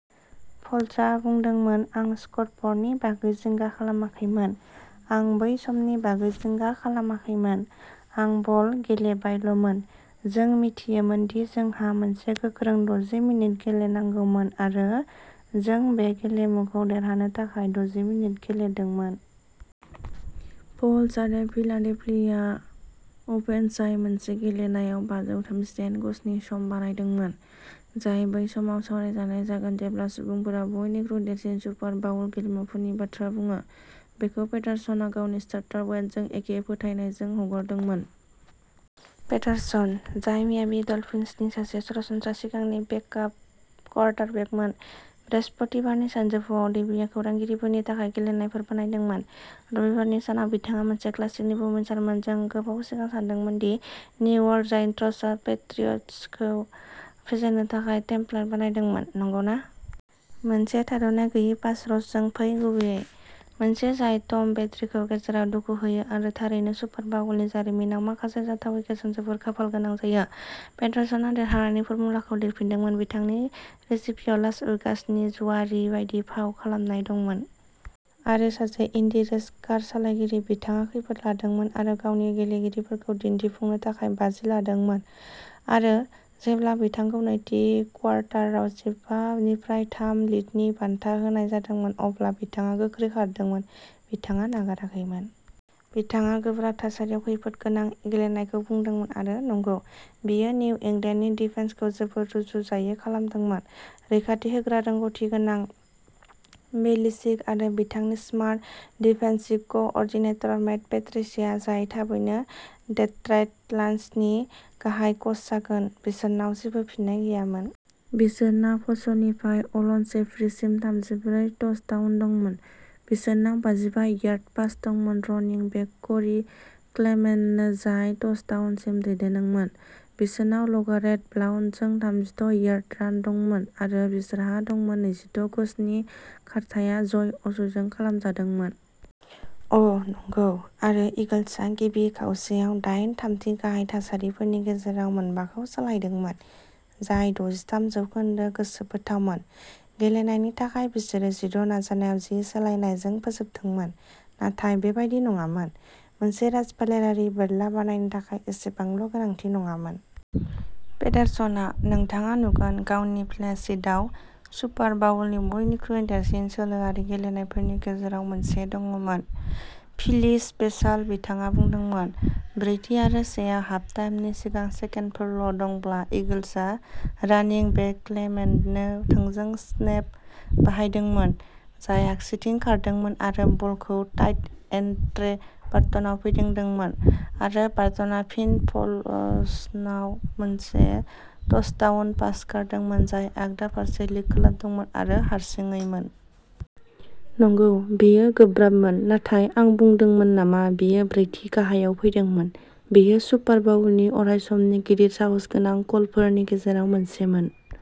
फ'ल्सआ बुंदोंमोन, आं स्क'र ब'र्डनि बागै जिंगा खालामाखैमोन। आं बै समनि बागै जिंगा खालामाखैमोन। आं बल गेलेबायल'मोन। जों मिथियोमोन दि जोंहा मोनसे गोख्रों द'जि मिनिट गेलेनांगौमोन आरो जों बे गेलेमुखौ देरहानो थाखाय द'जि मिनिट गेलेदोंमोन। फ'ल्स आरो फिलाडेल्फिया अफेन्स जाय मोनसे गेलेनायाव बाजौ थामजिदाइन गजनि सम बानायदोंमोन, जाय बै समाव सावरायजानाय जागोन जेब्ला सुबुंफोरा बयनिख्रुइ देरसिन सुपार बाउल गेलेमुफोरनि बाथ्रा बुङो, बेखौ पेडारसनआ गावनि स्टार्टार वेन्टजजों एखे फोथायनायजों हगारदोंमोन। पेडारसन, जाय मियामी डल्फिन्सनि सासे सरासनस्रा सिगांनि बेकआप क्वार्टरबेकमोन, बृहस्पतिबारनि सानजौफुआव डेवीआव खौरांगिरिफोरनि थाखाय गेलेनायफोर बानायदोंमोन। रबिबारनि सानाव बिथाङा मोनसे क्लासिकनि बुमिनसारमोन। जों गोबाव सिगां सानदोंमोन दि निउयर्क जायन्ट्सआ पेट्रियट्सखौ फेजेननो थाखाय टेम्पलेट बानायदोंमोन, नंगौना? मोनसे थाद'नाय गैयै पास रशजों फै गुबैयै। मोनसे जाय टम ब्रेडीखौ गेजेराव दुखु होयो आरो थारैनो सुपार बाउलनि जारिमिनाव माखासे जाथावै केचजों जोबोद खाफालगोनां जायो। पेडारसनआ देरहानायनि फर्मुलाखौ लिरफिनदोंमोन। बिथांनि रेसिपियाव लास वेगासनि जुआरी बायदि फाव खालामनाय दंमोन। आरो सासे इन्डी रेस कार सालायगिरि। बिथाङा खैफोद लादोंमोन आरो गावनि गेलेगिरिफोरखौ दिन्थिफुंनो थाखाय बाजि लादोंमोन। आरो जेब्ला बिथांखौ नैथि क्वार्टाराव जिबा निफ्राय थाम लिडनि बान्था होनाय जादोंमोन, अब्ला बिथाङा गोख्रै खारदोंमोन। बिथाङा नागाराखैमोन। बिथाङा गोब्राब थासारियाव खैफोद गोनां गेलेनायखौ बुंदोंमोन आरो नंगौ, बेयो निउ इंलेन्डनि डिफेन्सखौ जोबोद रुजुजायै खालामदोंमोन। रैखाथि होग्रा रोंग'थि गोनां बेलिचिक आरो बिथांनि smart defensive coordinator Matt Patricia, जाय थाबैनो डेट्रइट लायन्सनि गाहाय कच जागोन, बिसोरनाव जेबो फिननाय गैयामोन। बिसोरनाव फलसनिफ्राय अल्सन जेफ्रीसिम थामजिब्रै टचडाउन दंमोन। बिसोरनाव बाजिबा यार्ड पास दंमोन रनिं बेक क'री क्लेमेन्टनो जाय टचडाउनसिम दैदेनदोंमोन। बिसोरनाव लागारेट ब्लाउन्टजों थामजिद' यार्ड रान दंमोन। आरो बिसोरहा दंमोन नैजिद' गजनि खारथाइया जय अजयजों खालामजादोंमोन। अ, नंगौ आरो ईगल्सआ गिबि खावसेयाव दाइन थामथि गाहाय थासारिफोरनि गेजेराव मोनबाखौ सोलायदोंमोन, जाय दजिथाम जौखोन्दो गोसोबोथावमोन। गेलेनायनि थाखाय बिसोरो जिद' नाजानायाव जि सोलायनायजों फोजोबदोंमोन। नाथाय बेबादि नङामोन। मोनसे राजफोलेरारि बोरला बानायनो थाखाय एसेबांल' गोनांथि नङामोन। पेडारसनआ, नोंथाङा नुगोन, गावनि प्ले शीटआव सुपार बाउलनि बयनिख्रुइ देरसिन सोलोआरि गेलेनायफोरनि गेजेराव मोनसे दंमोन, फिली स्पेसाल, बिथाङा बुंदोंमोन ब्रैथि आरो सेआव हाफटाइमनि सिगां सेकेन्डफोरल' दंब्ला, ईगल्सआ रानिं बेक क्लेमेन्टनो थोंजों स्नेप बाहायदोंमोन, जाय आगसिथिं खारदोंमोन आरो बलखौ टाइट एन्ड ट्रे बार्टनआव फिदिंदोंमोन आरो बार्टनआ फिन फलसनाव मोनसे टचडाउन पास गारदोंमोन, जाय आगदा फारसे लिक खालामदोंमोन आरो हारसिङैमोन। नंगौ, बेयो गोब्राबमोन। नाथाय आं बुंदोंमोन नामा बेयो ब्रैथि गाहायआव फैदोंमोन। बेयो सुपार बाउलनि अरायसमनि गिदिर साहसगोनां कलफोरनि गेजेराव मोनसेमोन।